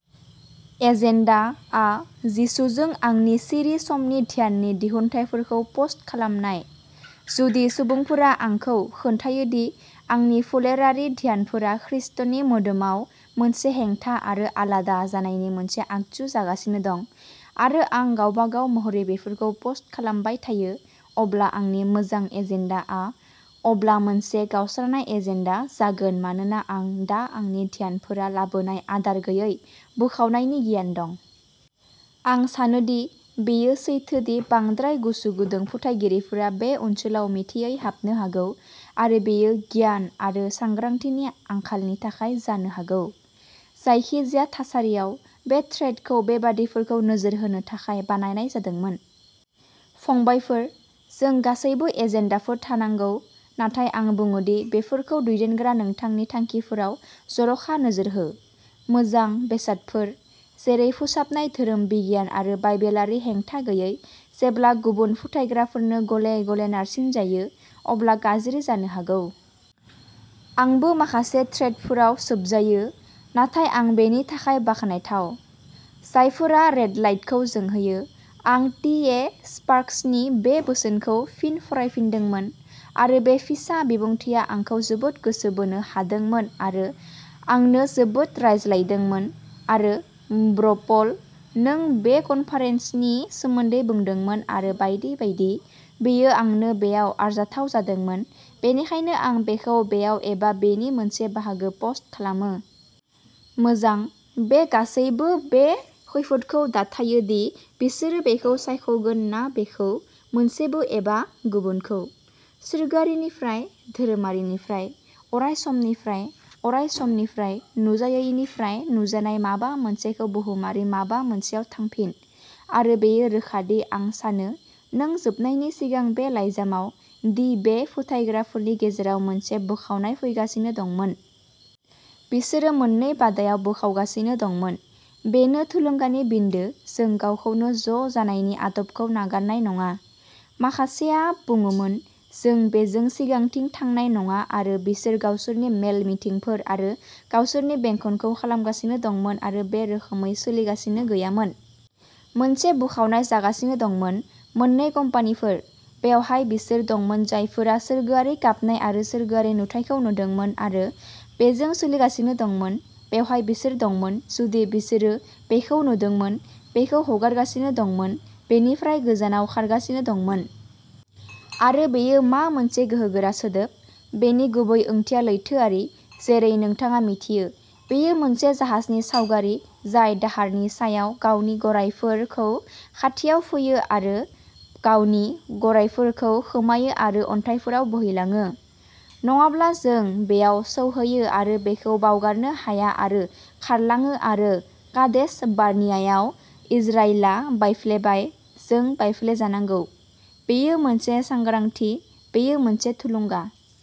"Agenda" आ जिसुजों आंनि सिरि समनि ध्याननि दिहुनथायफोरखौ पस्ट खालामनाय। जुदि सुबुंफोरा आंखौ खोन्थायो दि आंनि फोलेरारि ध्यानफोरा खृष्टनि मोदोमाव मोनसे हेंथा आरो आलादा जानायनि मोनसे आगजु जागासिनो दं, आरो आं गावबागाव महरै बेफोरखौ पस्ट खालामबाय थायो, अब्ला आंनि "मोजां एजेन्डा" आ अब्ला मोनसे "गावस्रानाय एजेन्डा" जागोन मानोना आं दा आंनि ध्यानफोरा लाबोनाय आदार गैयै बोखावनायनि गियान दं। आं सानो दि बेयो सैथो दि बांद्राय गोसोगुदुं फोथायगिरिफोरा बे ओनसोलाव मिथियै हाबनो हागौ, आरो बेयो गियान आरो सांग्रांथिनि आंखालनि थाखाय जानो हागौ। जायखिजाया थासारियाव, बे थ्रेडखौ बेबादिफोरखौ नोजोर होनो थाखाय बानायनाय जादोंमोन। फंबायफोर जों गासैबो एजेन्डाफोर थानांगौ, नाथाय आं बुङो दि बेफोरखौ दैदेनग्रा नोंथांनि थांखिफोराव जर'खा नोजोर हो। मोजां बेसादफोर, जेरै फोसाबनाय धोरोम बिगियान आरो बाइबेलारि हेंथा गैयै, जेब्ला गुबुन फोथायग्राफोरनो गले-गले नारसिनजायो, अब्ला गाज्रि जानो हागौ। आंबो माखासे थ्रेडफोराव सोबजायो, नाथाय आं बेनि थाखाय बाखनायथाव। जायफोरा रेडलाइटखौ जोंहोयो, आं टि. ए. स्पार्क्सनि बे बोसोनखौ फिन फरायफिनदोंमोन, आरो बे फिसा बिबुंथिआ आंखौ जोबोद गोसो बोनो हादोंमोन आरो आंनो जोबोद रायज्लायदोंमोन, आरो ब्र'पल, नों बे कनफारेंसनि सोमोन्दै बुंदोंमोन आरो बायदि बायदि, बेयो आंनो बेयाव आरजाथाव जादोंमोन, बेनिखायनो आं बेखौ बेयाव एबा बेनि मोनसे बाहागो पस्ट खालामो। मोजां, बे गासैबो बे खैफोदखौ दाथायो दि बिसोरो बेखौ सायख'गोन ना बेखौ, मोनसेखौ एबा गुबुनखौ। सोरगोआरिनिफ्राय, धोरोमारिनिफ्राय, अरायसमनिफ्राय, अरायसमनिफ्राय, नुजायैनिफ्राय नुजानाय माबा मोनसेखौ बुहुमारि माबा मोनसेयाव थांफिन। आरो बेयो रोखा दि आं सानो, नों जोबनायनि सिगां बे लाइजामाव, दि बे फोथायग्राफोरनि गेजेराव मोनसे बोखावनाय फैगासिनो दंमोन। बिसोरो मोन्नै बादायाव बोखावगासिनो दंमोन। बेनो थुलुंगानि बिन्दो, जों गावखौनो ज'जानायनि आदबखौ नागारनाय नङा। माखासेआ बुङोमोन, "जों बेजों सिगांथिं थांनाय नङा" आरो बिसोर गावसोरनि मेल-मिथिंफोर आरो गावसोरनि बेंखनखौ खालामगासिनो दंमोन आरो बे रोखोमै सोलिगासिनो गैयामोन। मोनसे बोखावनाय जागासिनो दंमोन, मोननै कम्पानिफोर। बेवहाय बिसोर दंमोन जायफोरा सोरगोआरि गाबनाय आरो सोरगोआरि नुथायखौ नुदोंमोन आरो बेजों सोलिगासिनो दंमोन, बेवहाय बिसोर दंमोन, जुदि बिसोरो बेखौ नुदोंमोन, बेखौ हगारगासिनो दंमोन, बेनिफ्राय गोजानाव खारगासिनो दंमोन। आरो बेयो मा मोनसे गोहोगोरा सोदोब। बेनि गुबै ओंथिया लैथोआरि, जेरै नोंथाङा मिथियो। बेयो मोनसे जाहाजनि सावगारि जाय दाहारनि सायाव गावनि गरायफोरखौ खाथियाव फैयो आरो गावनि गरायफोरखौ खोमायो आरो अन्थाइफोराव बोहैलाङो। नङाब्ला जों बेयाव सौहैयो आरो बेखौ बावगारनो हाया आरो खारलाङो आरो कादेश बार्नियायाव इजराइलआ बायफ्लेबाय, जों बायफ्लेजानांगौ। बेयो मोनसे सांग्रांथि, बेयो मोनसे थुलुंगा।